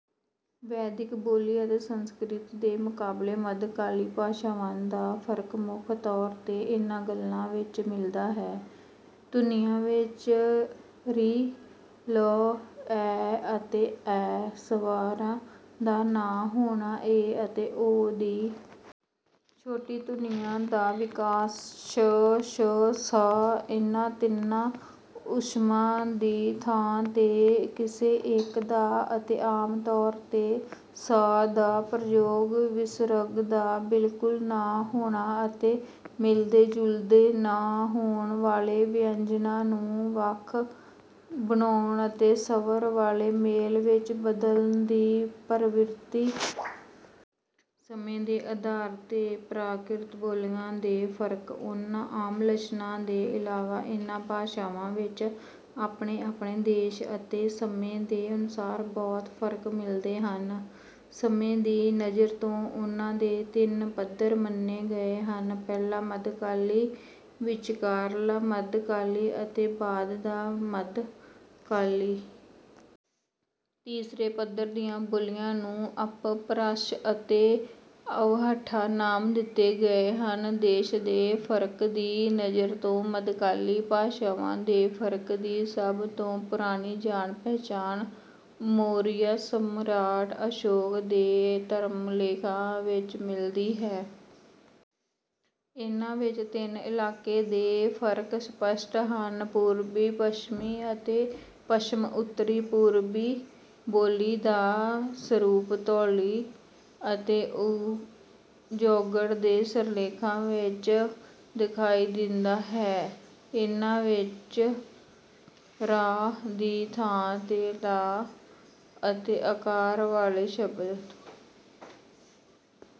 ਵੈਦਿਕ ਬੋਲੀ ਅਤੇ ਸੰਸਕ੍ਰਿਤ ਦੇ ਮੁਕਾਬਲੇ ਮੱਧਕਾਲੀ ਭਾਸ਼ਾਵਾਂ ਦਾ ਫਰਕ ਮੁੱਖ ਤੌਰ ਤੇ ਇਨ੍ਹਾਂ ਗੱਲਾਂ ਵਿੱਚ ਮਿਲਦਾ ਹੈ। ਧੁਨੀਆਂ ਵਿੱਚ ਰਿ ਲ ਐ ਅਤੇ ਐ ਸਵਰਾਂ ਦਾ ਨਾ ਹੋਣਾ ਏ ਅਤੇ ਓ ਦੀ ਛੋਟੀ ਧੁਨੀਆਂ ਦਾ ਵਿਕਾਸ ਸ਼ ਸ਼ ਸ ਇਨ੍ਹਾਂ ਤਿੰਨਾਂ ਊਸ਼ਮਾਂ ਦੀ ਥਾਂ ਤੇ ਕਿਸੇ ਇੱਕ ਦਾ ਅਤੇ ਆਮ ਤੌਰ ਤੇ ਸ ਦਾ ਪ੍ਰਯੋਗ ਵਿਸਰਗ ਦਾ ਬਿਲਕੁਲ ਨਾ ਹੋਣਾ ਅਤੇ ਮਿਲਦੇ ਜੁਲਦੇ ਨਾ ਹੋਣ ਵਾਲੇ ਵਿਅੰਜਨਾਂ ਨੂੰ ਵੱਖ ਬਣਾਉਣ ਅਤੇ ਸਵਰ ਵਾਲੇ ਮੇਲ ਵਿੱਚ ਬਦਲਣ ਦੀ ਪ੍ਰਵਿਰਤੀ। ਸਮੇਂ ਦੇ ਆਧਾਰ ਤੇ ਪ੍ਰਾਕ੍ਰਿਤ ਬੋਲੀਆਂ ਦੇ ਫਰਕ ਉਨ੍ਹਾਂ ਆਮ ਲੱਛਣਾਂ ਦੇ ਇਲਾਵਾ ਇਨ੍ਹਾਂ ਭਾਸ਼ਾਵਾਂ ਵਿੱਚ ਆਪਣੇ ਆਪਣੇ ਦੇਸ਼ ਅਤੇ ਸਮੇਂ ਦੇ ਅਨੁਸਾਰ ਬਹੁਤ ਫਰਕ ਮਿਲਦੇ ਹਨ। ਸਮੇਂ ਦੀ ਨਜ਼ਰ ਤੋਂ ਉਨ੍ਹਾਂ ਦੇ ਤਿੰਨ ਪੱਧਰ ਮੰਨੇ ਗਏ ਹਨ ਪਹਿਲਾ ਮੱਧਕਾਲੀ ਵਿਚਕਾਰਲਾ ਮੱਧਕਾਲੀ ਅਤੇ ਬਾਅਦ ਦਾ ਮੱਧਕਾਲੀ। ਤੀਸਰੇ ਪੱਧਰ ਦੀਆਂ ਬੋਲੀਆਂ ਨੂੰ ਅਪਭਰੰਸ਼ ਅਤੇ ਅਵਹੱਠਾ ਨਾਮ ਦਿੱਤੇ ਗਏ ਹਨ। ਦੇਸ਼ ਦੇ ਫਰਕ ਦੀ ਨਜ਼ਰ ਤੋਂ ਮੱਧਕਾਲੀ ਭਾਸ਼ਾਵਾਂ ਦੇ ਫਰਕ ਦੀ ਸਭ ਤੋਂ ਪੁਰਾਣੀ ਜਾਣ ਪਹਿਚਾਣ ਮੌਰਿਆ ਸਮਰਾਟ ਅਸ਼ੋਕ ਦੇ ਧਰਮ ਲੇਖਾਂ ਵਿੱਚ ਮਿਲਦੀ ਹੈ। ਇਨ੍ਹਾਂ ਵਿੱਚ ਤਿੰਨ ਇਲਾਕੇ ਦੇ ਫਰਕ ਸਪੱਸ਼ਟ ਹਨ ਪੂਰਬੀ ਪੱਛਮੀ ਅਤੇ ਪੱਛਮ ਉੱਤਰੀ। ਪੂਰਬੀ ਬੋਲੀ ਦਾ ਸਰੂਪ ਧੋਲੀ ਅਤੇ ਜੌਗੜ ਦੇ ਸ਼ਿਲਾਲੇਖਾਂ ਵਿੱਚ ਦਿਖਾਈ ਦਿੰਦਾ ਹੈ। ਇਨ੍ਹਾਂ ਵਿੱਚ ਰ ਦੀ ਥਾਂ ਤੇ ਲ ਅਤੇ ਆਕਾਰ ਵਾਲੇ ਸ਼ਬਦ